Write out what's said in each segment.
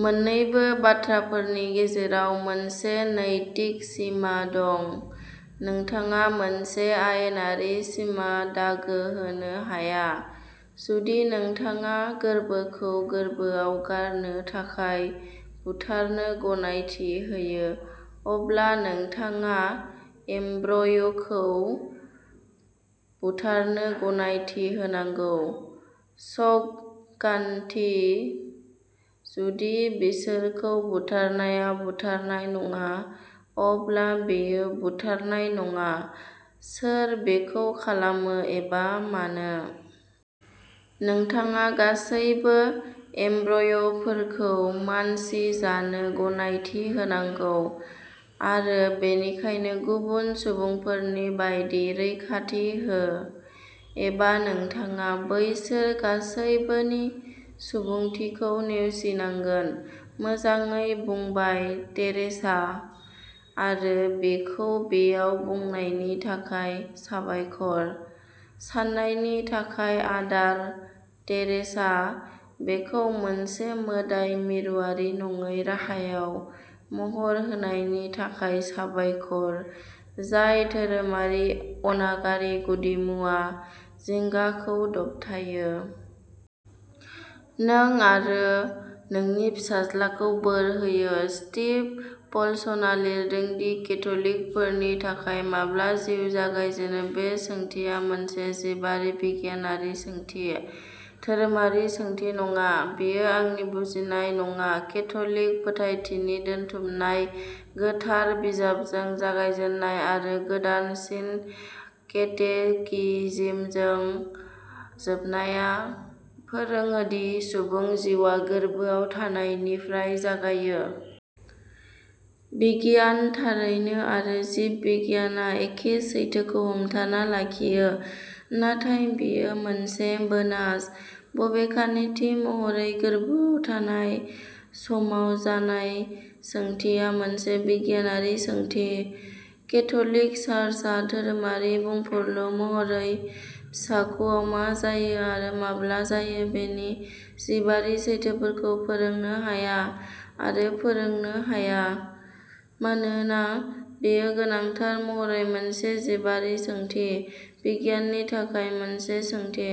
मोन्नैबो बाथ्राफोरनि गेजेराव मोनसे नैतिक सिमा दं, नोंथाङा मोनसे आयेनारि सिमा दागो होनो हाया। जुदि नोंथाङा गोर्बोखौ गोर्बोआव गारनो थाखाय बुथारनो गनायथि होयो, अब्ला नोंथाङा एम्ब्रय'खौ बुथारनो गनायथि होनांगौ, समगान्थि। जुदि बिसोरखौ बुथारनाया बुथारनाय नङा, अब्ला बेयो बुथारनाय नङा, सोर बेखौ खालामो एबा मानो। नोंथाङा गासैबो एम्ब्रय'फोरखौ मानसि जानो गनायथि होनांगौ, आरो बेनिखायनो गुबुन सुबुंफोरनि बायदि रैखाथि हो, एबा नोंथाङा बैसोर गासैबोनि सुबुंथिखौ नेवसिनांगोन। मोजाङै बुंबाय, टेरेसा, आरो बेखौ बेयाव बुंनायनि थाखाय साबायखर! साननायनि थाखाय आदार, टेरेसा; बेखौ मोनसे मोदाय-मिरुआरि नङै राहायाव महर होनायनि थाखाय साबायखर, जाय धोरोमारि अनागारि गुदिमुवा जिंगाखौ दबथायो। नों आरो नोंनि फिसाज्लाखौ बोर होयो। स्टिभ पलसनआ लिरदों दि, केथ'लिकफोरनि थाखाय, माब्ला जिउ जागायजेनो बे सोंथिया मोनसे जिबारि िगियानारि सोंथि, धोरोमारि सोंथि नङा। बेयो आंनि बुजिनाय नङा। केथ'लिक फोथायथिनि दोनथुमनाय, गोथार बिजाबजों जागायजेन्नाय आरो गोदानसिन केटेकिज्मजों जोबनाया, फोरोङो दि सुबुं जिउआ गोर्बोआव थानायनिफ्राय जागायो। बिगियान थारैनो, आरो जिब बिगियानआ एखे सैथोखौ हमथाना लाखियो, नाथाय बेयो मोनसे बोनास। बबेखानि, थि महरै गोर्बोआव थानाय समाव जानाय सोंथिया मोनसे बिगियानारि सोंथि। केथ'लिक चार्चआ धोरोमारि बुंफुरलु महरै फिसाख'आव मा जायो आरो माब्ला जायो बेनि जिबारि सैथोफोरखौ फोरोंनो हाया आरो फोरोंनो हाया, मानोना बेयो गोनांथार महरै मोनसे जिबारि सोंथि, बिगियाननि थाखाय मोनसे सोंथि।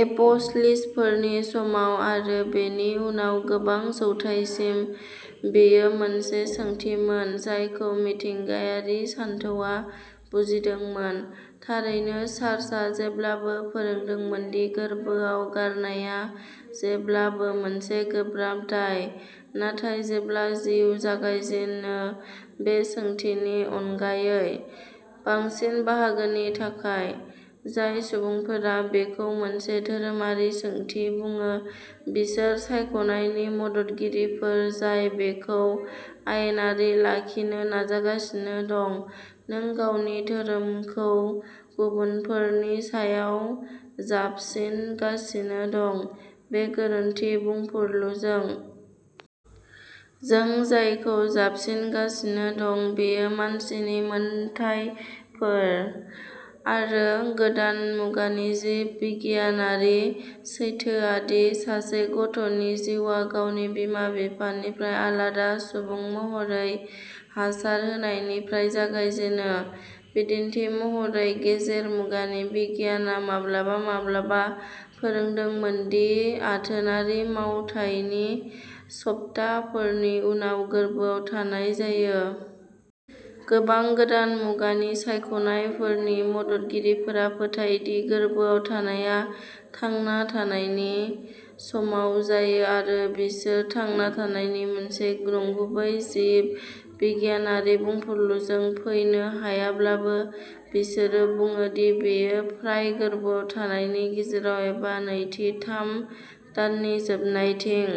एप'स्लिसफोरनि समाव आरो बेनि उनाव गोबां जौथायसिम बेयो मोनसे सोंथिमोन जायखौ मिथिंगायारि सानथौआ बुजिदोंमोन। थारैनो चार्चआ जेब्लाबो फोरोंदोंमोन दि गोर्बोआव गारनाया जेब्लाबो मोनसे गोब्राब दाय, नाथाय जेब्ला जिउ जागायजेनो बे सोंथिनि अनगायै।। बांसिन बाहागोनि थाखाय, जाय सुबुंफोरा बेखौ मोनसे धोरोमारि सोंथि बुङो बिसोर सायख'नायनि मददगिरिफोर जाय बेखौ आयेनारि लाखिनो नाजागासिनो दं "नों गावनि धोरोमखौ गुबुनफोरनि सायाव जाबसिनगासिनो दं" बे गोरोन्थि बुंफुरलुजों। जों जायखौ जाबसिनगासिनो दं बेयो मानसिनि मोनथायफोर। आरो गोदान मुगानि जिब बिगियानारि सैथोआ दि सासे गथ'नि जिउआ गावनि बिमा-बिफानिफ्राय आलादा सुबुं महरै हासार होनायनिफ्राय जागायजेनो। बिदिन्थि महरै, गेजेर मुगानि बिगियानआ माब्लाबा-माब्लाबा फोरोंदोंमोन दि आथोनारि मावथायनि सप्ताफोरनि उनाव गोर्बोआव थानाय जायो। गोबां गोदान मुगानि सायख'नायफोरनि मददगिरिफोरा फोथायो दि गोर्बोआव थानायआ "थांना थानायनि" समाव जायो आरो बिसोर "थांना थानायनि" मोनसे नंगुबै जिब बिगियानारि बुंफुरलुजों फैनो हायाब्लाबो बिसोरो बुङो दि बेयो फ्राय गोर्बोआव थानायनि गेजेराव एबा नैथि थाम दाननि जोबनायथिं।